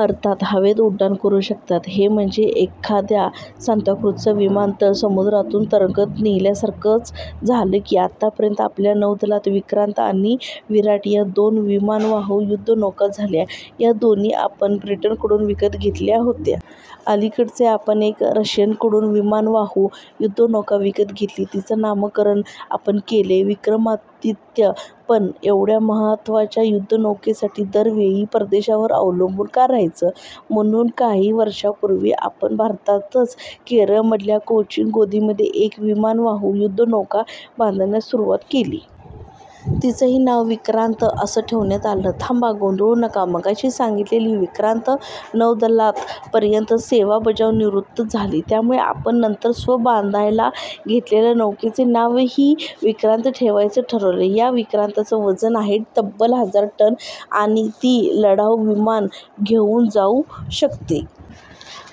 अर्थात हवेत उड्डाण करू शकतात. हे म्हणजे एखादा सांताक्रूझचा विमानतळ समुद्रातून तरंगत नेल्यासारखंच झालं की. आतापर्यंत आपल्या नौदलात विक्रांत आणि विराट या दोन विमानवाहू युध्दनौका झाल्या. या दोन्ही आपण ब्रिटनकडून विकत घेतल्या होत्या. अलीकडेच आपण एक रशियाकडून विमानवाहू युध्दनौका विकत घेतली, तिचं नामकरण आपण केलंय विक्रमादित्य. पण एवढ्या महत्त्वाच्या युध्दनौकेसाठी दरवेळी परदेशावर अवलंबून का रहायचं. म्हणून काही वर्षांपूर्वी आपण भारतातच केरळमधल्या कोचीन गोदीमध्ये एक विमानवाहू युध्दनौका बांधण्यास सुरुवात केली. तिचंही नाव विक्रांत असंच ठेवण्यात आलं. थांबा, गोंधळू नका. मघाशी सांगितलेली विक्रांत नौदलात पर्यंत सेवा बजावून निवृत्त झाली. त्यामुळे आपण नंतर स्वतः बांधायला घेतलेल्या नौकेचं नावही विक्रांत ठेवायचं ठरवलं. या विक्रांतचं वजन आहे तब्बल हजार टन आणि ती लढाऊ विमानं घेऊन जाऊ शकते.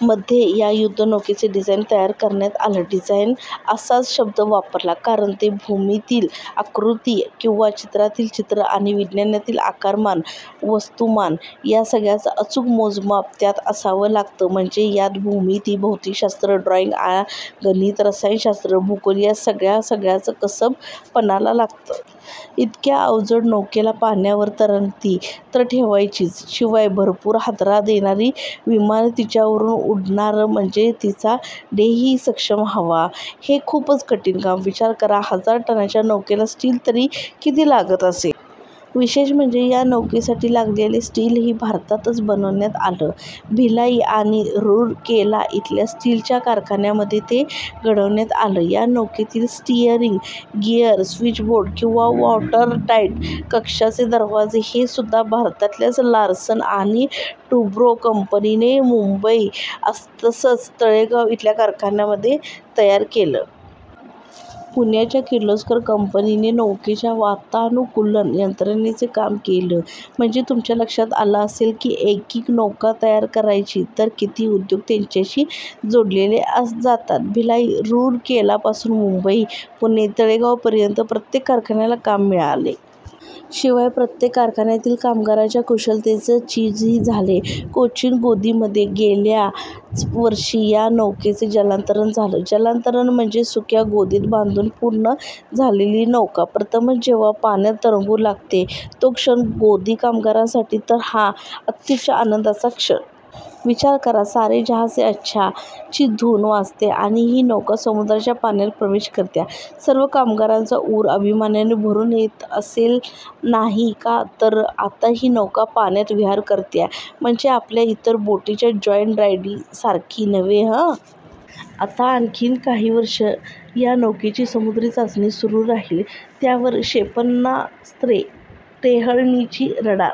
मध्ये या युध्दनौकेचं डिझाईन तयार करण्यात आलं. डिझाइन असाच शब्द वापरला, कारण ते भूमितीतील आकृती किंवा चित्रातील चित्र आणि विज्ञानातील आकारमान, वस्तुमान या सगळ्याचं अचूक मोजमाप त्यात असावं लागतं. म्हणजे यात भूमिती, भौतिकशास्त्र, ड्रॉइंग, गणित, रसायनशात्र, भूगोल या सगळ्या सगळ्याचं कसब पणाला लागतं. इतक्या अवजड नौकेला पाण्यावर तरंगती तर ठेवायचीच, शिवाय भरपूर हादरा देणारी विमानं तिच्यावरून उडणार म्हणजे तिचा डेकही सक्षम हवा... हे खूपच कठीण काम. विचार करा हजार टनांच्या नौकेला स्टील तरी किती लागत असेल. विशेष म्हणजे या नौकेसाठी लागलेलं स्टीलही भारतातच बनवण्यात आलं. भिलाई आणि रुरकेला इथल्या स्टीलच्या कारखान्यांमध्ये ते घडवण्यात आलं. या नौकेतले स्टीअरिंग गिअर, स्वीचबोर्ड शिवाय वॉटरटाइट कक्षांचे दरवाजे हेसुध्दा भारतातल्याच लार्सन आणि टुब्रो कंपनीने मुंबई तसंच तळेगाव इथल्या कारखान्यांमध्ये तयार केले. पुण्याच्या किर्लोस्कर कंपनीने नौकेच्या वातानुकूलन यंत्रणेचं काम केलं. म्हणजे तुमच्या लक्षात आलं असेल की एकेक नौका तयार करायची, तर किती उद्योग त्याच्याशी जोडले जातात. भिलाई, रुरकेलापासून मुंबई, पुणे, तळेगावपर्यंत प्रत्येक कारखान्याला काम मिळालंय. शिवाय प्रत्येक कारखान्यातील कामगारांच्या कुशलतेचं चीजही झालंय. कोचीन गोदीमध्ये गेल्याच वर्षी या नौकेचं जलावतरण झालं. जलावतरण म्हणजे सुक्या गोदीत बांधून पूर्ण झालेली नौका प्रथमच जेव्हा पाण्यात तरंगू लागते, तो क्षण. गोदी कामगारांसाठी तर हा अत्युच्च आनंदाचा क्षण. विचार करा, सारे जहाँ से अच्छा ची धून वाजतेय आणि ही नौका समुद्राच्या पाण्यात प्रवेश करतेय. सर्व कामगारांचा ऊर अभिमानाने भरून येत असेल नाही का. तर आता ही नौका पाण्यात विहार करतेय, म्हणजे आपल्या इतर बोटींच्या जॉयराइडसारखी नव्हे हं. आता आणखी काही वर्षं या नौकेची समुद्री चाचणी सुरू राहील, त्यावर क्षेपणास्त्रे, टेहळणीची रडार